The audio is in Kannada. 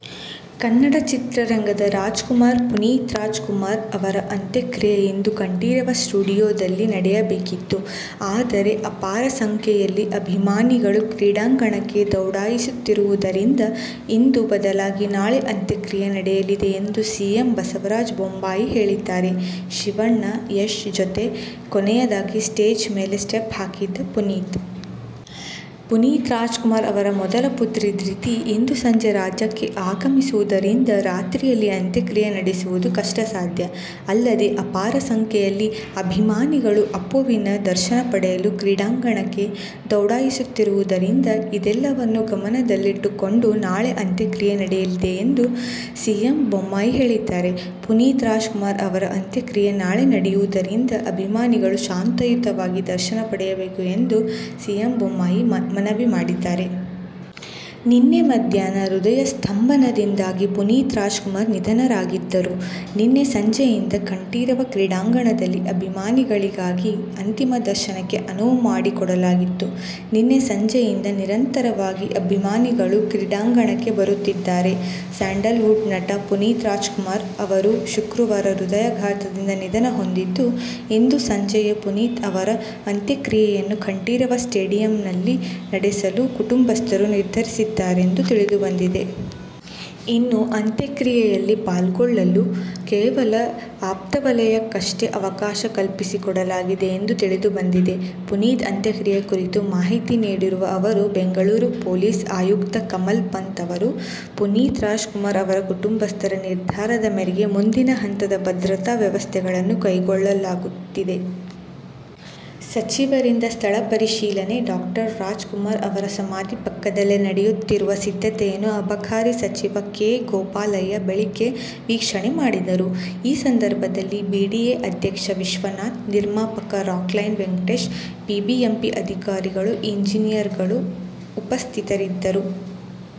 ಕನ್ನಡ ಚಿತ್ರರಂಗದ ರಾಜಕುಮಾರ ಪುನೀತ್ ರಾಜಕುಮಾರ್ ಅವರ ಅಂತ್ಯಕ್ರಿಯೆ ಇಂದು ಕಂಠೀರವ ಸ್ಟುಡಿಯೋದಲ್ಲಿ ನಡೆಯಬೇಕಿತ್ತು. ಆದರೆ ಅಪಾರ ಸಂಖ್ಯೆಯಲ್ಲಿ ಅಭಿಮಾನಿಗಳು ಕ್ರೀಡಾಂಗಣಕ್ಕೆ ದೌಡಾಯಿಸುತ್ತಿರುವುದರಿಂದ ಇಂದು ಬದಲಾಗಿ ನಾಳೆ ಅಂತ್ಯಕ್ರಿಯೆ ನಡೆಯಲಿದೆ ಎಂದು ಸಿಎಂ ಬಸವರಾಜ ಬೊಮ್ಮಾಯಿ ಹೇಳಿದ್ದಾರೆ. ಶಿವಣ್ಣ, ಯಶ್ ಜೊತೆ ಕೊನೆಯದಾಗಿ ಸ್ಟೇಜ್ ಮೇಲೆ ಸ್ಟೆಪ್ ಹಾಕಿದ್ದ ಪುನೀತ್! ಪುನೀತ್ ರಾಜಕುಮಾರ್ ಅವರ ಮೊದಲ ಪುತ್ರಿ ದ್ರಿತಿ ಇಂದು ಸಂಜೆ ರಾಜ್ಯಕ್ಕೆ ಆಗಮಿಸುವುದರಿಂದ ರಾತ್ರಿಯಲ್ಲಿ ಅಂತ್ಯಕ್ರಿಯೆ ನಡೆಸುವುದು ಕಷ್ಟಸಾಧ್ಯ. ಅಲ್ಲದೆ ಅಪಾರ ಸಂಖ್ಯೆಯಲ್ಲಿ ಅಭಿಮಾನಿಗಳು ಅಪ್ಪುವಿನ ದರ್ಶನ ಪಡೆಯಲು ಕ್ರೀಡಾಂಗಣಕ್ಕೆ ದೌಡಾಯಿಸುತ್ತಿರುವುದರಿಂದ ಇದೆಲ್ಲವನ್ನು ಗಮನದಲ್ಲಿಟ್ಟುಕೊಂಡು ನಾಳೆ ಅಂತ್ಯಕ್ರಿಯೆ ನಡೆಯಲಿದೆ ಎಂದು ಸಿಎಂ ಬೊಮ್ಮಾಯಿ ಹೇಳಿದ್ದಾರೆ. ಪುನೀತ್ ರಾಜಕುಮಾರ್ ಅವರ ಅಂತ್ಯಕ್ರಿಯೆ ನಾಳೆ ನಡೆಯುವುದರಿಂದ ಅಭಿಮಾನಿಗಳು ಶಾಂತಿಯುತವಾಗಿ ದರ್ಶನ ಪಡೆಯಬೇಕು ಎಂದು ಸಿಎಂ ಬೊಮ್ಮಾಯಿ ಮನವಿ ಮಾಡಿದ್ದಾರೆ. ನಿನ್ನೆ ಮಧ್ಯಾಹ್ನ ಹೃದಯ ಸ್ತಂಭನದಿಂದಾಗಿ ಪುನೀತ್ ರಾಜಕುಮಾರ್ ನಿಧನರಾಗಿದ್ದರು. ನಿನ್ನೆ ಸಂಜೆಯಿಂದ ಕಂಠೀರವ ಕ್ರೀಡಾಂಗಣದಲ್ಲಿ ಅಭಿಮಾನಿಗಳಿಗಾಗಿ ಅಂತಿಮ ದರ್ಶನಕ್ಕೆ ಅನುವು ಮಾಡಿಕೊಡಲಾಗಿತ್ತು. ನಿನ್ನೆ ಸಂಜೆಯಿಂದ ನಿರಂತರವಾಗಿ ಅಭಿಮಾನಿಗಳು ಕ್ರೀಡಾಂಗಣಕ್ಕೆ ಬರುತ್ತಿದ್ದಾರೆ. ಸ್ಯಾಂಡಲ್ವುಡ್ ನಟ ಪುನೀತ್ ರಾಜ್ಕುಮಾರ್ ಅವರು ಶುಕ್ರವಾರ ಹೃದಯಘಾತದಿಂದ ನಿಧನ ಹೊಂದಿದ್ದು, ಇಂದು ಸಂಜೆಯೇ ಪುನೀತ್ ಅವರ ಅಂತ್ಯಕ್ರಿಯೆಯನ್ನು ಕಂಠೀರವ ಸ್ಟೇಡಿಯಂನಲ್ಲಿ ನಡೆಸಲು ಕುಟುಂಬಸ್ಥರು ನಿರ್ಧರಿಸಿದ್ದಾರೆಂದು ತಿಳಿದುಬಂದಿದೆ. ಇನ್ನೂ ಅಂತ್ಯಕ್ರಿಯೆಯಲ್ಲಿ ಪಾಲ್ಗೊಳ್ಳಲು ಕೇವಲ ಆಪ್ತವಲಯಕ್ಕಷ್ಟೇ ಅವಕಾಶ ಕಲ್ಪಿಸಿಕೊಡಲಾಗಿದೆ ಎಂದು ತಿಳಿದುಬಂದಿದೆ. ಪುನೀತ್ ಅಂತ್ಯಕ್ರಿಯೆ ಕುರಿತು ಮಾಹಿತಿ ನೀಡಿರುವ ಅವರು ಬೆಂಗಳೂರು ಪೊಲೀಸ್ ಆಯುಕ್ತ ಕಮಲ್ ಪಂತ್ ಅವರು, ಪುನೀತ್ ರಾಜ್ ಕುಮಾರ್ ಅವರ ಕುಟುಂಬಸ್ಥರ ನಿರ್ಧಾರದ ಮೇರೆಗೆ ಮುಂದಿನ ಹಂತದ ಭದ್ರತಾ ವ್ಯವಸ್ಥೆಗಳನ್ನು ಕೈಗೊಳ್ಳಲಾಗುತ್ತಿದೆ. ಸಚಿವರಿಂದ ಸ್ಥಳ ಪರಿಶೀಲನೆ ಡಾ. ರಾಜ್ ಕುಮಾರ್ ಅವರ ಸಮಾಧಿ ಪಕ್ಕದಲ್ಲೇ ನಡೆಯುತ್ತಿರುವ ಸಿದ್ಧತೆಯನ್ನು ಅಬಕಾರಿ ಸಚಿವ ಕೆ. ಗೋಪಾಲಯ್ಯ ಬೆಳಿಗ್ಗೆ ವೀಕ್ಷಣೆ ಮಾಡಿದರು. ಈ ಸಂದರ್ಭದಲ್ಲಿ ಬಿಡಿಎ ಅಧ್ಯಕ್ಷ ವಿಶ್ವನಾಥ್, ನಿರ್ಮಾಪಕ ರಾಕ್ ಲೈನ್ ವೆಂಕಟೇಶ್, ಬಿಬಿಎಂಪಿ ಅಧಿಕಾರಿಗಳು, ಇಂಜಿನಿಯರ್ ಗಳು ಉಪಸ್ಥಿತರಿದ್ದರು.